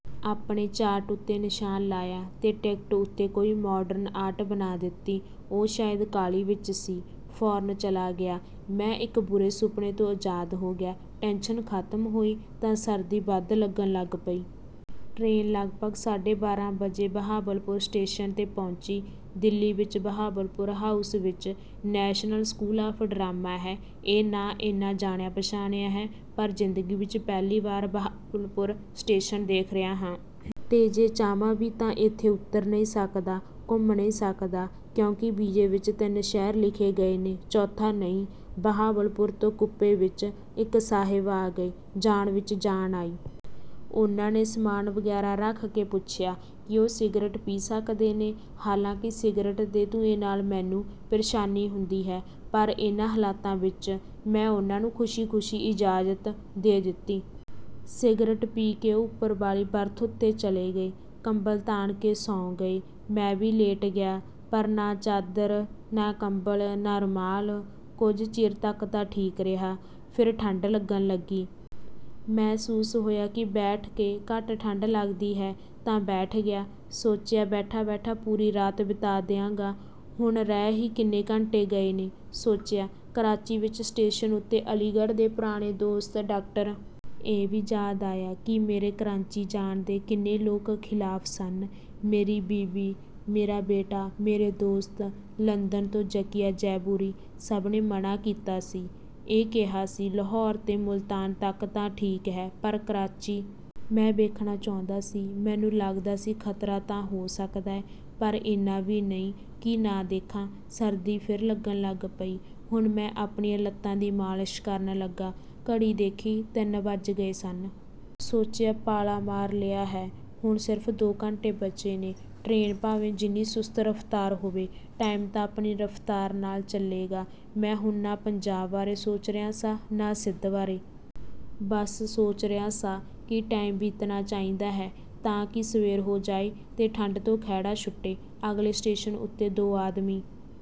ਆਪਣੇ ਚਾਰਟ ਉੱਤੇ ਨਿਸ਼ਾਨ ਲਾਇਆ ਤੇ ਟਿਕਟ ਉੱਤੇ ਕੋਈ ਮਾਡਰਨ ਆਰਟ ਬਣਾ ਦਿੱਤੀ। ਉਹ ਸ਼ਾਇਦ ਕਾਹਲੀ ਵਿੱਚ ਸੀ, ਫ਼ੌਰਨ ਚਲਾ ਗਿਆ। ਮੈਂ ਇੱਕ ਬੁਰੇ ਸੁਪਨੇ ਤੋਂ ਆਜ਼ਾਦ ਹੋ ਗਿਆ। ਟੈਂਸ਼ਨ ਖ਼ਤਮ ਹੋਈ ਤਾਂ ਸਰਦੀ ਵੱਧ ਲੱਗਣ ਲੱਗ ਪਈ। ਟਰੇਨ ਲਗਭਗ ਸਾਢੇ ਬਾਰਾਂ ਵਜੇ ਬਹਾਵਲਪੁਰ ਸਟੇਸ਼ਨ ਤੇ ਪਹੁੰਚੀ। ਦਿੱਲੀ ਵਿੱਚ ਬਹਾਵਲਪੁਰ ਹਾਊਸ ਵਿੱਚ ਨੈਸ਼ਨਲ ਸਕੂਲ ਆਫ਼ ਡਰਾਮਾ ਹੈ। ਇਹ ਨਾਂ ਏਨਾ ਜਾਣਿਆ-ਪਛਾਣਿਆ ਹੈ, ਪਰ ਜ਼ਿੰਦਗੀ ਵਿੱਚ ਪਹਿਲੀ ਵਾਰ ਬਹਾਵਲਪੁਰ ਸਟੇਸ਼ਨ ਦੇਖ ਰਿਹਾ ਹਾਂ। ਤੇ ਜੇ ਚਾਹਵਾਂ ਵੀ ਤਾਂ ਇੱਥੇ ਉਤਰ ਨਹੀਂ ਸਕਦਾ, ਘੁੰਮ ਨਹੀਂ ਸਕਦਾ, ਕਿਉਂਕਿ ਵੀਜ਼ੇ ਵਿੱਚ ਤਿੰਨ ਸ਼ਹਿਰ ਲਿਖੇ ਗਏ ਨੇ, ਚੌਥਾ ਨਹੀਂ। ਬਹਾਵਲਪੁਰ ਤੋਂ ਕੂਪੇ ਵਿੱਚ ਇੱਕ ਸਾਹਿਬ ਆ ਗਏ। ਜਾਨ ਵਿੱਚ ਜਾਨ ਆਈ। ਉਹਨਾਂ ਨੇ ਸਾਮਾਨ ਵਗੈਰਾ ਰੱਖ ਕੇ ਪੁੱਛਿਆ ਕਿ ਕੀ ਉਹ ਸਿਗਰਟ ਪੀ ਸਕਦੇ ਨੇ। ਹਾਲਾਂਕਿ ਸਿਗਰਟ ਦੇ ਧੂੰਏਂ ਨਾਲ ਮੈਨੂੰ ਪ੍ਰੇਸ਼ਾਨੀ ਹੁੰਦੀ ਹੈ, ਪਰ ਇਨ੍ਹਾਂ ਹਾਲਾਤਾਂ ਵਿੱਚ ਮੈਂ ਉਹਨਾਂ ਨੂੰ ਖ਼ੁਸ਼ੀ-ਖ਼ੁਸ਼ੀ ਇਜਾਜ਼ਤ ਦੇ ਦਿੱਤੀ। ਸਿਗਰਟ ਪੀ ਕੇ ਉਹ ਉੱਪਰ ਵਾਲੀ ਬਰਥ ਉੱਤੇ ਚਲੇ ਗਏ। ਕੰਬਲ ਤਾਣ ਕੇ ਸੌਂ ਗਏ। ਮੈਂ ਵੀ ਲੇਟ ਗਿਆ। ਪਰ ਨਾ ਚਾਦਰ, ਨਾ ਕੰਬਲ, ਨਾ ਰੁਮਾਲ। ਕੁਝ ਚਿਰ ਤੱਕ ਤਾਂ ਠੀਕ ਰਿਹਾ, ਫਿਰ ਠੰਡ ਲੱਗਣ ਲੱਗੀ। ਮਹਿਸੂਸ ਹੋਇਆ ਕਿ ਬੈਠ ਕੇ ਘੱਟ ਠੰਡ ਲੱਗਦੀ ਹੈ, ਤਾਂ ਬੈਠ ਗਿਆ। ਸੋਚਿਆ, ਬੈਠਾ-ਬੈਠਾ ਪੂਰੀ ਰਾਤ ਬਿਤਾ ਦਿਆਂਗਾ। ਹੁਣ ਰਹਿ ਹੀ ਕਿੰਨੇ ਘੰਟੇ ਗਏ ਨੇ। ਸੋਚਿਆ, ਕਰਾਚੀ ਵਿੱਚ ਸਟੇਸ਼ਨ ਉੱਤੇ ਅਲੀਗੜ੍ਹ ਦੇ ਪੁਰਾਣੇ ਦੋਸਤ ਡਾਕਟਰ ਇਹ ਵੀ ਯਾਦ ਆਇਆ ਕਿ ਮੇਰੇ ਕਰਾਚੀ ਜਾਣ ਦੇ ਕਿੰਨੇ ਲੋਕ ਖ਼ਿਲਾਫ਼ ਸਨ। ਮੇਰੀ ਬੀਵੀ, ਮੇਰਾ ਬੇਟਾ, ਮੇਰੇ ਦੋਸਤ, ਲੰਦਨ ਤੋਂ ਜ਼ਕੀਆ ਜੁਬੈਰੀ—ਸਭ ਨੇ ਮਨ੍ਹਾਂ ਕੀਤਾ ਸੀ। ਇਹ ਕਿਹਾ ਸੀ, "ਲਾਹੌਰ ਤੇ ਮੁਲਤਾਨ ਤੱਕ ਤਾਂ ਠੀਕ ਹੈ, ਪਰ ਕਰਾਚੀ।" ਮੈਂ ਦੇਖਣਾ ਚਾਹੁੰਦਾ ਸੀ। ਮੈਨੂੰ ਲੱਗਦਾ ਸੀ, ਖ਼ਤਰਾ ਤਾਂ ਹੋ ਸਕਦਾ ਹੈ, ਪਰ ਏਨਾ ਵੀ ਨਹੀਂ ਕਿ ਨਾ ਦੇਖਾਂ। ਸਰਦੀ ਫਿਰ ਲੱਗਣ ਲੱਗ ਪਈ। ਹੁਣ ਮੈਂ ਆਪਣੀਆਂ ਲੱਤਾਂ ਦੀ ਮਾਲਸ਼ ਕਰਨ ਲੱਗਾ। ਘੜੀ ਦੇਖੀ, ਤਿੰਨ ਵੱਜ ਗਏ ਸਨ। ਸੋਚਿਆ, ਪਾਲਾ ਮਾਰ ਲਿਆ ਹੈ। ਹੁਣ ਸਿਰਫ਼ ਦੋ ਘੰਟੇ ਬਚੇ ਨੇ। ਟਰੇਨ ਭਾਵੇਂ ਜਿੰਨੀ ਸੁਸਤ ਰਫ਼ਤਾਰ ਹੋਵੇ, ਟਾਈਮ ਤਾਂ ਆਪਣੀ ਰਫ਼ਤਾਰ ਨਾਲ ਚੱਲੇਗਾ। ਮੈਂ ਹੁਣ ਨਾ ਪੰਜਾਬ ਬਾਰੇ ਸੋਚ ਰਿਹਾ ਸਾਂ, ਨਾ ਸਿੰਧ ਬਾਰੇ। ਬਸ ਸੋਚ ਰਿਹਾ ਸਾਂ ਕਿ ਟਾਈਮ ਬੀਤਣਾ ਚਾਹੀਦਾ ਹੈ, ਤਾਂ ਕਿ ਸਵੇਰ ਹੋ ਜਾਏ ਤੇ ਠੰਡ ਤੋਂ ਖਹਿੜਾ ਛੁੱਟੇ। ਅਗਲੇ ਸਟੇਸ਼ਨ ਉੱਤੇ ਦੋ ਆਦਮੀ...